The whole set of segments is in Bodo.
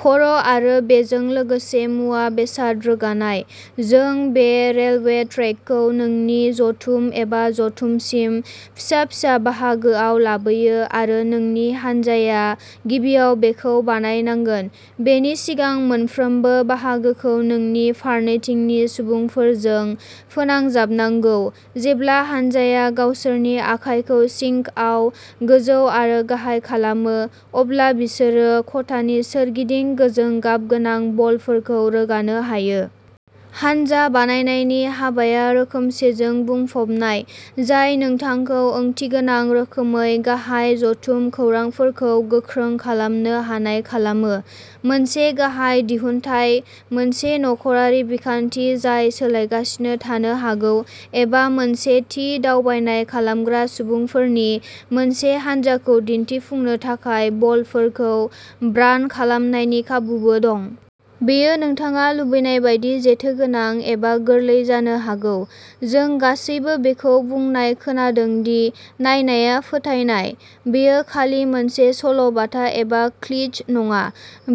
खर' आरो बेजों लोगोसे मुवा-बेसाद रोगानाय। जों बे रेलवे ट्रेकखौ नोंनि जथुम एबा जथुमसिम फिसा-फिसा बाहागोआव लाबोयो आरो नोंनि हानजाया गिबियाव बेखौ बानायनांगोन, बेनि सिगां मोनफ्रोमबो बाहागोखौ नोंनि फारनैथिंनि सुबुंफोरजों फोनांजाबनांगौ। जेब्ला हानजाया गावसोरनि आखाइखौ सिंकआव गोजौ आरो गाहाय खालामो, अब्ला बिसोरो खथानि सोरगिदिं गोजों गाबगोनां बलफोरखौ रोगानो हायो। हानजा बानायनायनि हाबाया रोखोमसेजों बुंफबनाय, जाय नोंथांखौ ओंथिगोनां रोखोमै गाहाय जथुम खौरांफोरखौ गोख्रों खालामनो हानाय खालामो। मोनसे गाहाय दिहुनथाय, मोनसे नखरारि बिखान्थि जाय सोलायगासिनो थानो हागौ एबा मोनसे थि दावबायनाय खालामग्रा सुबुंफोरनि मोनसे हानजाखौ दिनथिफुंनो थाखाय बलफोरखौ ब्रान्ड खालामनायनि खाबुबो दं। बेयो नोंथाङा लुबैनायबादि जेथोगोनां एबा गोरलै जानो हागौ। जों गासैबो बेखौ बुंनाय खोनादोंदि "नायनाया फोथायनाय।" बेयो खालि मोनसे सल'बाथा एबा क्लिच नङा।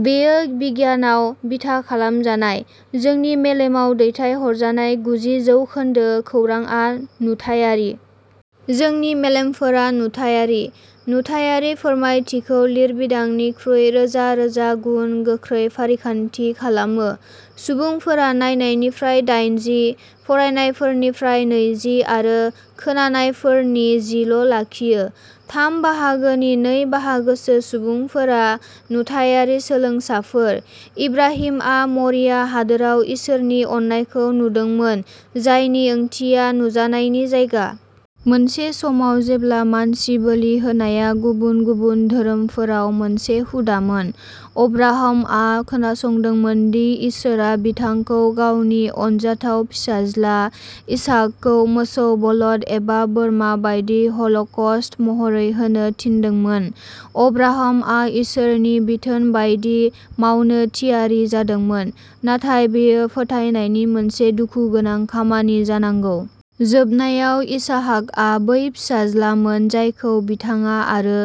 बेयो बिगियानाव बिथा खालामजानाय, जोंनि मेलेमाव दैथायहरजानाय गुजि जौखोन्दो खौरांआ नुथायारि। जोंनि मेलेमफोरा नुथायारि। नुथायारि फोरमायथिखौ लिरबिदांनिख्रुइ रोजा रोजा गुन गोख्रै फारिखान्थि खालामो। सुबुंफोरा नुनायनिफ्राय दाइनजि, फरायनायफोरनिफ्राय नैजि आरो खोनानायफोरनि जिल' लाखियो। थाम बाहागोनि नै बाहागोसो सुबुंफोरा नुथायारि सोलोंसाफोर। इब्राहिमआ मरिया हादोराव इसोरनि अननायखौ नुदोंमोन, जायनि ओंथिया "नुजानायनि जायगा"। मोनसे समाव जेब्ला मानसि बोलि होनाया गुबुन गुबुन धोरोमफोराव मोनसे हुदामोन, अब्राहमआ खोनासंदोंमोन दि इसोरआ बिथांखौ गावनि अनजाथाव फिसाज्ला, इसहाकखौ मोसौ बलद एबा बोरमा बायदि ह'ल'कस्ट महरै होनो थिनदोंमोन। अब्राहमआ इसोरनि बिथोन बायदि मावनो थियारि जादोंमोन, नाथाय बेयो फोथायनायनि मोनसे दुखुगोनां खामानि जानांगौ। जोबनायाव, इसहाकआ बै फिसाज्लामोन जायखौ बिथाङा आरो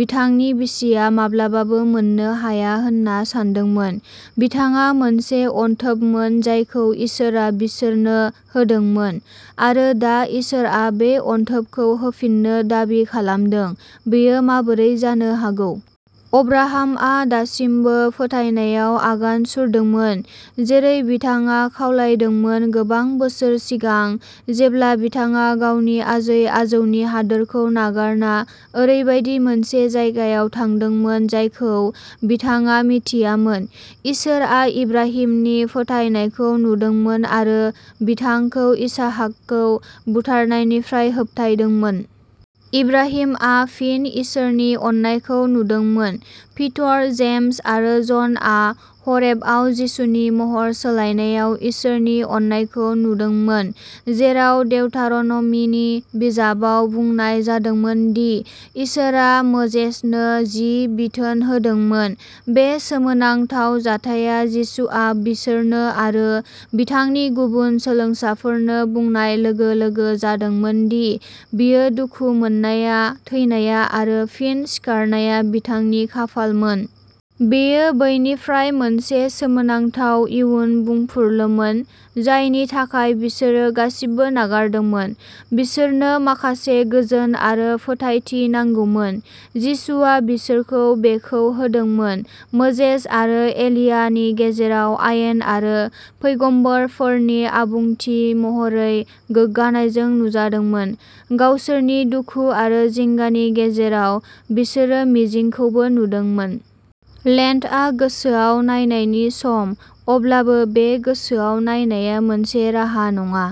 बिथांनि बिसिया माब्लाबाबो मोननो हाया होन्ना सानदोंमोन। बिथाङा मोनसे अनथोबमोन जायखौ इसोरआ बिसोरनो होदोंमोन आरो दा इसोरआ बे अनथोबखौ होफिननो दाबि खालामदों। बेयो माबोरै जानो हागौ? अब्राहमआ दासिमबो फोथायनायाव आगान सुरदोंमोन, जेरै बिथाङा खालामदोंमोन गोबां बोसोर सिगां जेब्ला बिथाङा गावनि आजै-आजौनि हादोरखौ नागारना ओरैबायदि मोनसे जायगायाव थांदोंमोन जायखौ बिथाङा मिथियामोन। इसोरआ इब्राहिमनि फोथायनायखौ नुदोंमोन आरो बिथांखौ इसहाकखौ बुथारनायनिफ्राय होबथायदोंमोन। इब्राहिमआ फिन इसोरनि अननायखौ नुदोंमोन। पीटर, जेम्स आरो जनआ ह'रेबआव जिसुनि महर सोलायनायाव इसोरनि अननायखौ नुदोंमोन, जेराव देउतार'न'मीनि बिजाबाव बुंनाय जादोंमोन दि इसोरआ मोजेसनो जि बिथोन होदोंमोन। बे सोमोनांथाव जाथायआ जिसुआ बिसोरनो आरो बिथांनि गुबुन सोलोंसाफोरनो बुंनाय लोगो-लोगो जादोंमोन दि बियो दुखु मोननाया, थैनाया आरो फिन सिखारनाया बिथांनि खाफालमोन। बेयो बैनिफ्राय मोनसे सोमोनांथाव इयुन बुंफुरलुमोन जायनि थाखाय बिसोरो गासिबो नागारदोंमोन। बिसोरनो माखासे गोजोन आरो फोथायथि नांगौमोन। जिसुआ बिसोरखौ बेखौ होदोंमोन, मोजेस आरो एलियाहनि गेजेराव आयेन आरो पैगम्बरफोरनि आबुंथि महरै गोग्गानायजों नुजादोंमोन। गावसोरनि दुखु आरो जिंगानि गेजेराव, बिसोरो मिजिंखौबो नुदोंमोन। लेन्टआ गोसोयाव नायनायनि सम, अब्लाबो बे गोसोयाव नायनाया मोनसे राहा नङा।